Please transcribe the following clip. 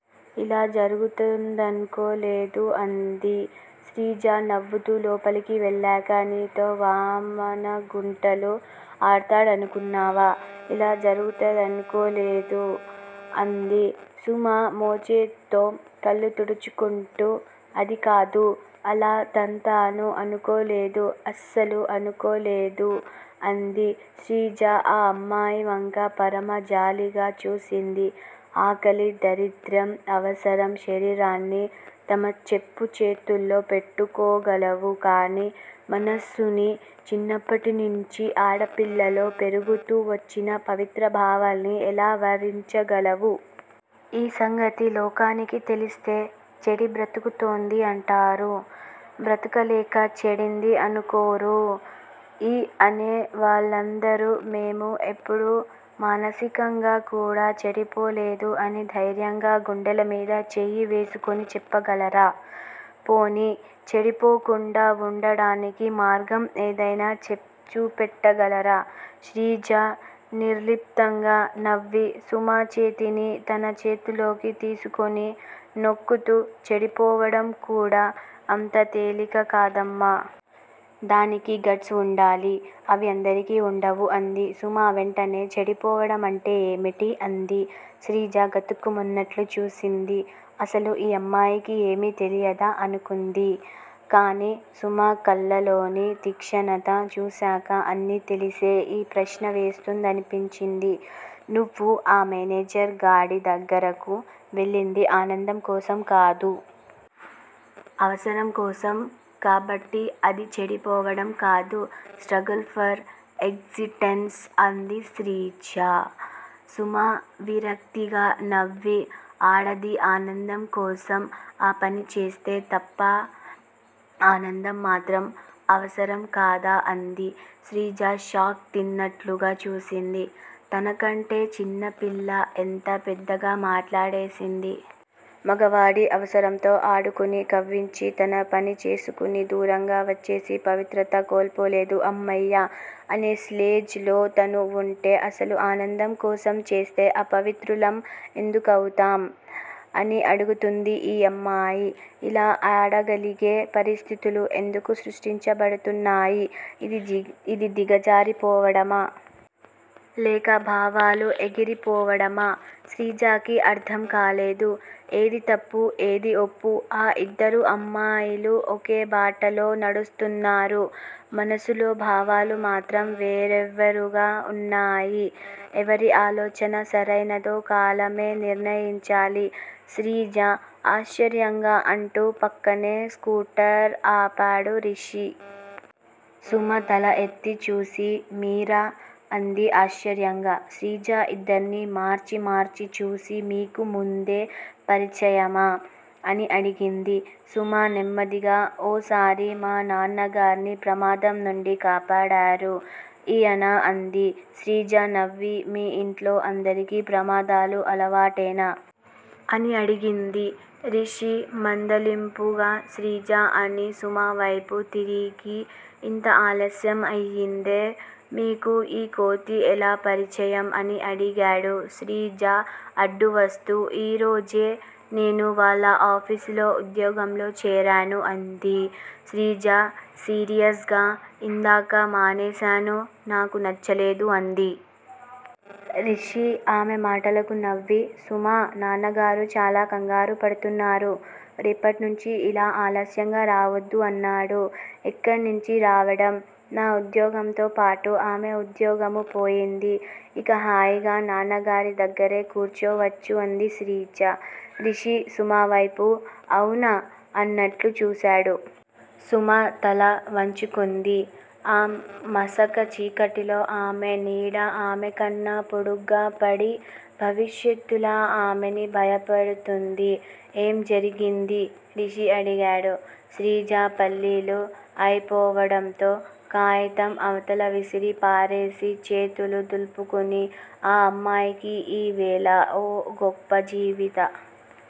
ఇలా జరుగుతుందనుకోలేదు అంది. శ్రీజ నవ్వుతూ లోపలికి వెళ్ళాక నీతో వామనగుంటలు ఆడ్తాడనుకున్నావా? ఇలా జరుగుతుందనుకోలేదు అంది. సుమ మోచేత్తో కళ్ళు తుడుచుకుంటూ అదికాదు! అలా తంతాను అనుకోలేదు అస్సలు అనుకోలేదు అంది. శ్రీజ ఆ అమ్మాయి వంక పరమ జాలిగా చూసింది. ఆకలి, దరిద్ర్యం, అవసరం, శరీరాన్ని తమ చెప్పు చేతల్లో పెట్టుకోగలవు కానీ మనసునీ, చిన్నప్పటినించీ ఆడపిల్లలో పెరుగుతూ వచ్చిన పవిత్ర భావాల్ని ఎలా వరించగలవు? ఈ సంగతి లోకానికి తెలిస్తే చెడి బ్రతుకుతోంది అంటారు. బ్రతకలేక చెడింది అనుకోరు. ఈ అనే వాళ్ళందరూ మేము ఎప్పుడూ మానసికంగా కూడా చెడిపోలేదు అని ధైర్యంగా గుండెల మీద చెయ్యి వేసుకుని చెప్పగలరా? పోనీ చెడిపోకుండా వుండడానికి మార్గం ఏదైనా చూపెట్టగలరా? శ్రీజ నిర్లిప్తంగా నవ్వి, సుమ చేతిని తన చేతిలోకి తీసుకుని నొక్కుతూ చెడిపోవడం కూడా అంత తేలిక కాదమ్మా. దానికీ గట్స్ వుండాలి. అవి అందరికి వుండవు అంది. సుమ వెంటనే చెడిపోవడం అంటే ఏమిటీ? అంది. శ్రీజ గతుక్కుమన్నట్లు చూసింది. అసలు ఈ అమ్మాయికి ఏమీ తెలియదా? అనుకుంది. కానీ సుమ కళ్ళలోని తీక్షణత చూసాక అన్నీ తెలిసే ఈ ప్రశ్న వేస్తోందనిపించింది. నువ్వు ఆ మేనేజర్ గాడి దగ్గరకు వెళ్ళింది ఆనందం కోసం కాదు. అవసరం కోసం కాబట్టి అది చెడిపోవడం కాదు, స్ట్రగుల్ ఫర్ ఎగ్జిట్టెన్స్ అంది శ్రీజ. సుమ విరక్తిగా నవ్వి ఆడది ఆనందం కోసం ఆ పని చేస్తే తప్పా? ఆనందం మాత్రం అవసరం కాదా అంది. శ్రీజ షాక్ తిన్నట్లుగా చూసింది. తనకంటే చిన్నపిల్ల ఎంత పెద్దగా మాట్లాడేసిందీ? మగవాడి అవసరంతో ఆడుకుని, కవ్వించి తన పని చేసుకుని, దూరంగా వచ్చేసి పవిత్రత కోల్పోలేదు అమ్మయ్యా అనే స్లేజ్ లో తను వుంటే అసలు ఆనందం కోసం చేస్తే అపవిత్రులం ఎందుకవుతాం? అని అడుగుతోంది ఈ అమ్మాయి. ఇలా ఆడగలిగే పరిస్థితులు ఎందుకు సృష్టించబడుతున్నాయి? ఇది దిగజారిపోవడమా? లేక భావాలు ఎగిరి పోవడమా? శ్రీజకి అర్ధం కాలేదు. ఏది తప్పు? ఏది ఒప్పు? ఆ ఇద్దరు అమ్మాయిలూ ఒకే బాటలో నడుస్తున్నారు. మనసులో భావాలు మాత్రం వేర్వేరుగా ఉన్నాయి. ఎవరి ఆలోచన సరైనదో కాలమే నిర్ణయించాలి. శ్రీజా! ఆశ్చర్యంగా అంటూ పక్కనే స్కూటర్ ఆపాడు రిషి. సుమ తల ఎత్తి చూసి మీరా! అంది ఆశ్చర్యంగా. శ్రీజ ఇద్దర్నీ మార్చి మార్చి చూసి మీకు ముందే పరిచయమా? అని అడిగింది. సుమ నెమ్మదిగా ఓసారి మా నాన్నగార్ని ప్రమాదం నుండి కాపాడారు ఈయన అంది. శ్రీజ నవ్వి మీ ఇంట్లో అందరికీ ప్రమాదాలు అలవాటేనా? అని అడిగింది. రిషి మందలింపుగా శ్రీజా అని సుమవైపు తిరిగి ఇంత ఆలస్యం అయిందే? మీకు ఈ కోతి ఎలా పరిచయం? అని అడిగాడు. శ్రీజ అడ్డువస్తూ ఈరోజే నేను వాళ్ళ ఆఫీసులో ఉద్యోగంలో చేరాను అంది. శ్రీజ సీరియస్ గా ఇందాకా మానేసాను. నాకు నచ్చలేదు అంది. రిషి ఆమె మాటలకు నవ్వి సుమా నాన్నగారు చాలా కంగారు పడ్తున్నారు. రేపట్నించీ ఇలా ఆలస్యంగా రావొద్దు అన్నాడు. ఎక్కడ్నించి రావడం? నా ఉద్యోగంతో పాటు ఆమె ఉద్యోగమూ పోయింది. ఇక హాయిగా నాన్నగారి దగ్గరే కూర్చోవచ్చు అంది శ్రీజ. రిషి సుమవైపు అవునా? అన్నట్లు చూసాడు. సుమ తల వంచుకుంది. ఆ మసక చీకటిలో ఆమె నీడ ఆమెకన్నా పొడుగ్గా పడి భవిష్యత్తులా ఆమెని భయపెడ్తోంది. ఏం జరిగిందీ? రిషి అడిగాడు. శ్రీజ పల్లీలు అయిపోవడంతో కాయితం అవతల విసిరి పారేసి, చేతులు దులుపుకుని ఆ అమ్మాయికి ఈ వేళ ఓ గొప్ప జీవిత